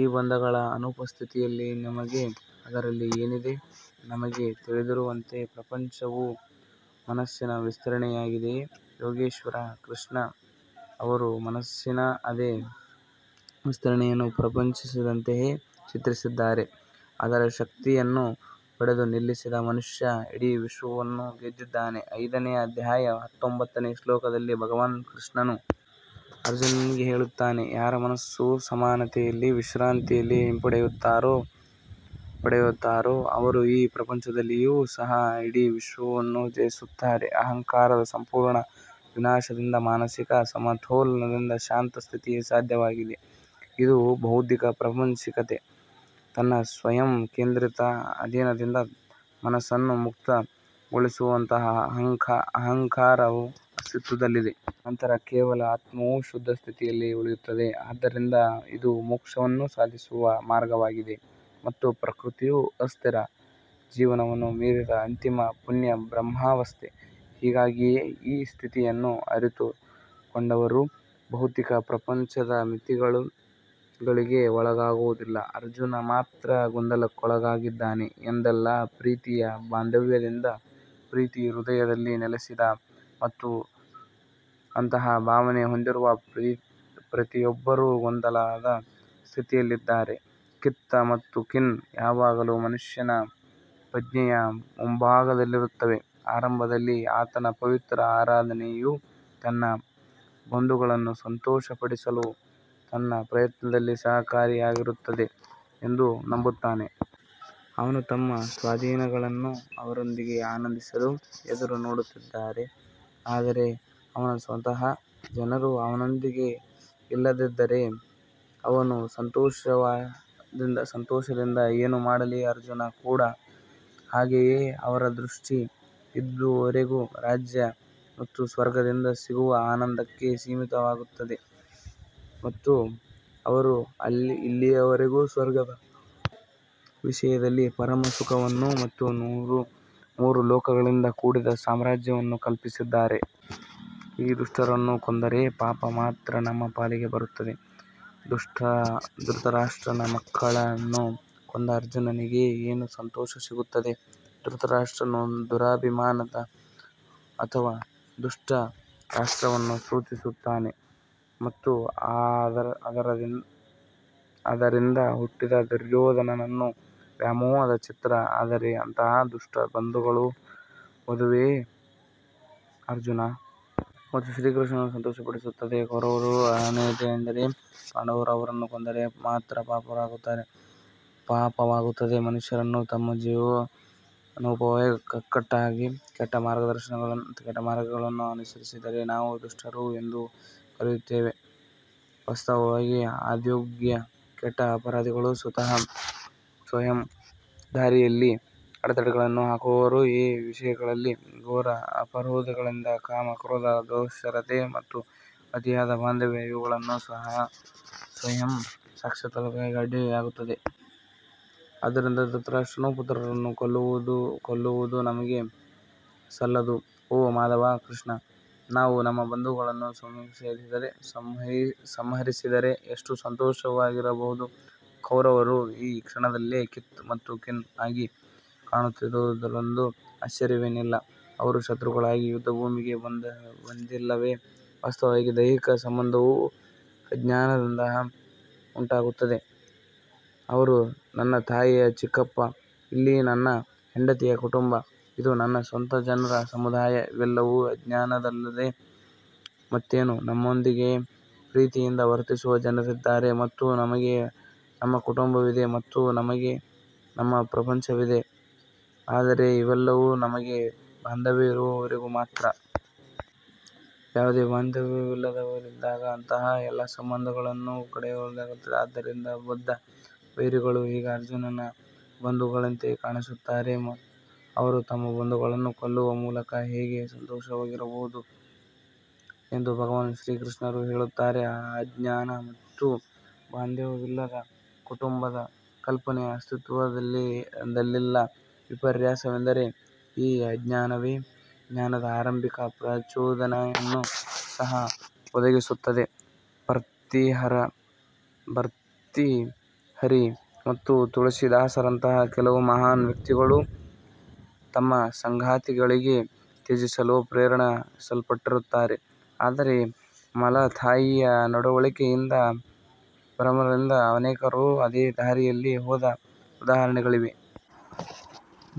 ಈ ಬಂಧಗಳ ಅನುಪಸ್ಥಿತಿಯಲ್ಲಿ ನಮಗೆ ಅದರಲ್ಲಿ ಏನಿದೆ ನಮಗೆ ತಿಳಿದಿರುವಂತೆ ಪ್ರಪಂಚವು ಮನಸ್ಸಿನ ವಿಸ್ತರಣೆಯಾಗಿದೆ ಯೋಗೇಶ್ವರ್ ಕೃಷ್ಣ ಅವರು ಮನಸ್ಸಿನ ಅದೇ ವಿಸ್ತರಣೆಯನ್ನು ಪ್ರಪಂಚದಂತೆ ಚಿತ್ರಿಸಿದ್ದಾರೆ ಅದರ ಶಕ್ತಿಯನ್ನು ತಡೆದು ನಿಲ್ಲಿಸಿದ ಮನುಷ್ಯ ಇಡೀ ವಿಶ್ವವನ್ನು ಗೆದ್ದಿದ್ದಾನೆ ಐದನೇ ಅಧ್ಯಾಯದ ಹತ್ತೊಂಬತ್ತನೇ ಶ್ಲೋಕದಲ್ಲಿ ಭಗವಾನ್ ಕೃಷ್ಣನು ಅರ್ಜುನನಿಗೆ ಹೇಳುತ್ತಾನೆ, ಯಾರ ಮನಸ್ಸು ಸಮಾನತೆಯಲ್ಲಿ ವಿಶ್ರಾಂತಿ ಪಡೆಯುತ್ತಾರೋ ಅವರು ಈ ಪ್ರಪಂಚದಲ್ಲಿಯೂ ಸಹ ಇಡೀ ವಿಶ್ವವನ್ನು ಜಯಿಸುತ್ತಾರೆ ಅಹಂಕಾರದ ಸಂಪೂರ್ಣ ವಿನಾಶದಿಂದ ಮಾನಸಿಕ ಸಮತೋಲನದ ಶಾಂತ ಸ್ಥಿತಿಯು ಸಾಧ್ಯವಾಗಿದೆ ಇದು ಭೌತಿಕ ಪ್ರಪಂಚಕ್ಕೆ ತನ್ನ ಸ್ವಯಂ ಕೇಂದ್ರಿತ ಅಧೀನದಿಂದ ಮನಸ್ಸನ್ನು ಮುಕ್ತಗೊಳಿಸುತ್ತದೆ ಅಹಂಕಾರವು ಅಸ್ತಿತ್ವದಲ್ಲಿಲ್ಲದ ನಂತರ ಕೇವಲ ಆತ್ಮವು ಶುದ್ಧ ಸ್ಥಿತಿಯಲ್ಲಿ ಉಳಿಯುತ್ತದೆ ಆದ್ದರಿಂದ ಇದು ಮೋಕ್ಷವನ್ನು ಸಾಧಿಸುವ ಮಾರ್ಗವಾಗಿದೆ ಮತ್ತು ಪ್ರಕೃತಿಯ ಅಸ್ಥಿರ ಜೀವನವನ್ನು ಮೀರಿದ ಅಂತಿಮ ಪುಣ್ಯ ಬ್ರಹ್ಮಾವಸ್ಥೆ ಹೀಗಾಗಿಯೇ ಈ ಸ್ಥಿತಿಯನ್ನು ಅರಿತುಕೊಂಡವರು ಭೌತಿಕ ಪ್ರಪಂಚದ ಮಿತಿಗಳಿಗೆ ಒಳಗಾಗುವುದಿಲ್ಲ ಅರ್ಜುನ್ ಮಾತ್ರ ಗೊಂದಲಕ್ಕೊಳಗಾಗಿದ್ದಾನೆ ಎಂದಲ್ಲ ಪ್ರೀತಿಯ ಬಾಂಧವ್ಯವು ಪ್ರತಿ ಹೃದಯದಲ್ಲಿ ನೆಲೆಸಿದೆ ಮತ್ತು ಅಂತಹ ಭಾವನೆ ಹೊಂದಿರುವ ಪ್ರತಿಯೊಬ್ಬರೂ ಗೊಂದಲದ ಸ್ಥಿತಿಯಲ್ಲಿದ್ದಾರೆ ಕಿತ್ ಮತ್ತು ಕಿನ್ ಯಾವಾಗಲೂ ಮನುಷ್ಯನ ಪ್ರಜ್ಞೆಯ ಮುಂಭಾಗದಲ್ಲಿರುತ್ತಾರೆ ಆರಂಭದಲ್ಲಿ ಆತನ ಪವಿತ್ರ ಆರಾಧನೆಯು ತನ್ನ ಬಂಧುಗಳನ್ನು ಸಂತೋಷಪಡಿಸಲು ತನ್ನ ಪ್ರಯತ್ನದಲ್ಲಿ ಸಹಾಯಕವಾಗುತ್ತದೆ ಎಂದು ನಂಬುತ್ತಾನೆ. ಅವರು ತಮ್ಮ ಸ್ವಾಧೀನಗಳನ್ನು ಅವರೊಂದಿಗೆ ಆನಂದಿಸಲು ಎದುರು ನೋಡುತ್ತಿದ್ದಾರೆ ಆದರೆ ಅವನ ಸ್ವಂತ ಜನರು ಅವನೊಂದಿಗೆ ಇಲ್ಲದಿದ್ದರೆ ಅವನು ಸಂತೋಷದಿಂದ ಏನು ಮಾಡಲಿ ಅರ್ಜುನ್ ಕೂಡ ಹಾಗೆಯೇ ಅವರ ದೃಷ್ಟಿ ಇದುವರೆಗೆ ರಾಜ್ಯ ಮತ್ತು ಸ್ವರ್ಗದಿಂದ ಸಿಗುವ ಆನಂದಕ್ಕೆ ಸೀಮಿತವಾಗಿತ್ತು ಅವರು ಇಲ್ಲಿಯವರೆಗೆ ಸ್ವರ್ಗದ ವಿಷಯದಲ್ಲಿ ಪರಮ ಸುಖವನ್ನು ಮತ್ತು ಮೂರು ಲೋಕಗಳಿಂದ ಕೂಡಿದ ಸಾಮ್ರಾಜ್ಯವನ್ನು ಕಲ್ಪಿಸಿದ್ದಾರೆ. ಈ ದುಷ್ಟರನ್ನೂ ಕೊಂದರೆ ಪಾಪ ಮಾತ್ರ ನಮ್ಮ ಪಾಲಿಗೆ ಬರುತ್ತದೆ ಧೃತರಾಷ್ಟ್ರನ ಮಕ್ಕಳನ್ನು ಕೊಂದ ಅರ್ಜುನನಿಗೆ ಏನು ಸಂತೋಷ ಸಿಗುತ್ತದೆ ಧೃತರಾಷ್ಟ್ರನು ದುರಭಿಮಾನದ ಅಥವಾ ದುಷ್ಟ ರಾಷ್ಟ್ರವನ್ನು ಸೂಚಿಸುತ್ತಾನೆ ಮತ್ತು ಅದರಿಂದ ಹುಟ್ಟಿದ ದುರ್ಯೋಧನನು ವ್ಯಾಮೋಹದ ಚಿತ್ರ ಆದರೆ ಅಂತಹ ದುಷ್ಟ ಬಂಧುಗಳ ವಧೆಯು ಅರ್ಜುನ್ ಮತ್ತು ಶ್ರೀಕೃಷ್ಣನನ್ನು ಸಂತೋಷಪಡಿಸುತ್ತದೆ ಕೌರವರು ಅನೀತಿವಂತರು ಆದರೆ ಪಾಂಡವರು ಅವರನ್ನು ಕೊಂದರೆ ಮಾತ್ರ ಪಾಪವಾಗುತ್ತದೆ ಮನುಷ್ಯರು ತಮ್ಮ ಜೀವನೋಪಾಯಕ್ಕಾಗಿ ಕೆಟ್ಟ ಮಾರ್ಗಗಳನ್ನು ಅನುಸರಿಸಿದರೆ ನಾವು ದುಷ್ಟರು ಎಂದು ಕರೆಯುತ್ತೇವೆ ವಾಸ್ತವವಾಗಿ ಆದಾಗ್ಯೂ ಕೆಟ್ಟ ಅಪರಾಧಿಗಳು ಸ್ವಯಂ ದಾರಿಯಲ್ಲಿ ಅಡೆತಡೆಗಳನ್ನು ಹಾಕುವವರು ಈ ವಿಷಯದಲ್ಲಿ ಘೋರ ಅಪರಾಧಿಗಳೆಂದರೆ ಕಾಮ ಕ್ರೋಧ ದುರಾಶೆ ಮತ್ತು ಅತಿಯಾದ ಬಾಂಧವ್ಯ ಇವುಗಳು ಸ್ವಯಂ ಸಾಕ್ಷಾತ್ಕಾರಕ್ಕೆ ಅಡ್ಡಿಯಾಗುತ್ತವೆ. ಆದುದರಿಂದ ಧೃತರಾಷ್ಟ್ರರ ಪುತ್ರರನ್ನು ಕೊಲ್ಲುವುದು ನಮಗೆ ಸಲ್ಲದು, ಓ ಮಾಧವ ಕೃಷ್ಣ, ನಾವು ನಮ್ಮ ಬಂಧುಗಳನ್ನು ಸಂಹರಿಸಿದರೆ ಎಷ್ಟು ಸಂತೋಷವಾಗಿರಬಹುದು. ಕೌರವರು ಈ ಕ್ಷಣದಲ್ಲಿ ಕಿತ್ ಮತ್ತು ಕಿನ್ ಆಗಿ ಕಾಣುತ್ತಿರುವುದು ಆಶ್ಚರ್ಯವೇನಿಲ್ಲ ಅವರು ಶತ್ರುಗಳಾಗಿ ಯುದ್ಧಭೂಮಿಗೆ ಬಂದಿಲ್ಲವೇ? ವಾಸ್ತವವಾಗಿ ದೈಹಿಕ ಸಂಬಂಧವು ಅಜ್ಞಾನದಿಂದ ಉಂಟಾಗುತ್ತದೆ ಅವರು ನನ್ನ ತಾಯಿಯ ಚಿಕ್ಕಪ್ಪ ಇಲ್ಲಿ ನನ್ನ ಹೆಂಡತಿಯ ಕುಟುಂಬ ಇದು ನನ್ನ ಸ್ವಂತ ಜನರ ಸಮುದಾಯ ಇವೆಲ್ಲವೂ ಅಜ್ಞಾನವಲ್ಲದೆ ಮತ್ತೇನು ನಮ್ಮೊಂದಿಗೆ ಪ್ರೀತಿಯಿಂದ ವರ್ತಿಸುವ ಜನರಿದ್ದಾರೆ ಮತ್ತು ನಮಗೆ ನಮ್ಮ ಕುಟುಂಬವಿದೆ ಮತ್ತು ನಮಗೆ ನಮ್ಮ ಪ್ರಪಂಚವಿದೆ ಆದರೆ ಇವೆಲ್ಲವೂ ನಮಗೆ ಬಾಂಧವ್ಯ ಇರುವವರೆಗೆ ಮಾತ್ರ. ಯಾವುದೇ ಬಾಂಧವ್ಯವಿಲ್ಲದಿದ್ದಾಗ ಅಂತಹ ಎಲ್ಲಾ ಸಂಬಂಧಗಳನ್ನು ಕೆಡವಲಾಗುತ್ತದೆ ಆದ್ದರಿಂದಲೇ ಬದ್ಧ ವೈರಿಗಳೂ ಈಗ ಅರ್ಜುನನಿಗೆ ಬಂಧುಗಳಂತೆ ಕಾಣುತ್ತಾರೆ ಅವರು ತಮ್ಮ ಬಂಧುಗಳನ್ನು ಕೊಲ್ಲುವ ಮೂಲಕ ಹೇಗೆ ಸಂತೋಷವಾಗಿರಬಹುದು ಎಂದು ಭಗವಾನ್ ಕೃಷ್ಣನನ್ನು ಕೇಳುತ್ತಾನೆ ಅಜ್ಞಾನ ಮತ್ತು ಬಾಂಧವ್ಯವಿಲ್ಲದೆ ಕುಟುಂಬದ ಕಲ್ಪನೆಯು ಅಸ್ತಿತ್ವದಲ್ಲಿಲ್ಲ ವಿಪರ್ಯಾಸವೆಂದರೆ ಈ ಅಜ್ಞಾನವೇ ಜ್ಞಾನದ ಆರಂಭಿಕ ಪ್ರಚೋದನೆಯನ್ನು ಸಹ ಒದಗಿಸುತ್ತದೆ ಭರ್ತ್ರಿಹರಿ ಮತ್ತು ತುಳಸಿದಾಸರಂತಹ ಕೆಲವು ಮಹಾನ್ ವ್ಯಕ್ತಿಗಳು ತಮ್ಮ ಸಂಗಾತಿಗಳಿಂದ ತ್ಯಜಿಸಲು ಪ್ರೇರೇಪಿಸಲ್ಪಟ್ಟರು ಆದರೆ ಮಲತಾಯಿಯ ನಡವಳಿಕೆಯಿಂದ ಭ್ರಮನಿರಸನಗೊಂಡ ಅನೇಕರು ಅದೇ ದಾರಿಯಲ್ಲಿ ಹೋದ ಉದಾಹರಣೆಗಳಿವೆ.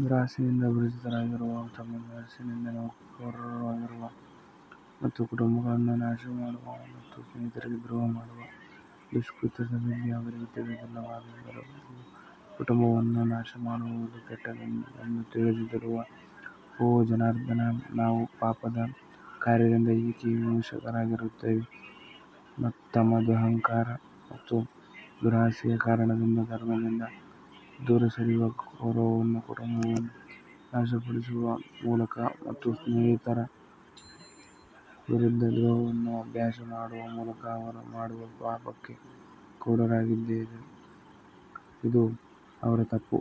ದುರಾಸೆಯಿಂದ ಜರ್ಜರಿತವಾಗಿರುವ ತಮ್ಮ ಮನಸ್ಸಿನಿಂದ ಕೌರವರಿಗೆ ಅವರು ಕುಟುಂಬಗಳನ್ನು ನಾಶಮಾಡುವ ಮತ್ತು ಸ್ನೇಹಿತರಿಗೆ ದ್ರೋಹ ಮಾಡುವ ದುಷ್ಕೃತ್ಯದ ಬಗ್ಗೆ ಅವರಿಗೆ ತಿಳಿದಿಲ್ಲವಾದರೂ, ಕುಟುಂಬವನ್ನು ನಾಶಮಾಡುವುದು ಕೆಟ್ಟದ್ದೆಂದು ತಿಳಿದಿರುವ ಓ ಜನಾರ್ದನ ನಾವು ಪಾಪದ ಕಾರ್ಯದಿಂದ ಏಕೆ ವಿಮುಖರಾಗಬಾರದು ತಮ್ಮ ದುರಹಂಕಾರ ಮತ್ತು ದುರಾಸೆಯ ಕಾರಣದಿಂದ ಧರ್ಮದಿಂದ ದೂರ ಸರಿಯುವ ಕೌರವರು ಕುಟುಂಬಗಳನ್ನು ನಾಶಪಡಿಸುವ ಮೂಲಕ ಮತ್ತು ಸ್ನೇಹಿತರ ವಿರುದ್ಧ ದ್ರೋಹವನ್ನು ಅಭ್ಯಾಸ ಮಾಡುವ ಮೂಲಕ ಅವರು ಮಾಡುವ ಪಾಪಕ್ಕೆ ಕುರುಡರಾಗಿದ್ದಾರೆ. ಇದು ಅವರ ತಪ್ಪು.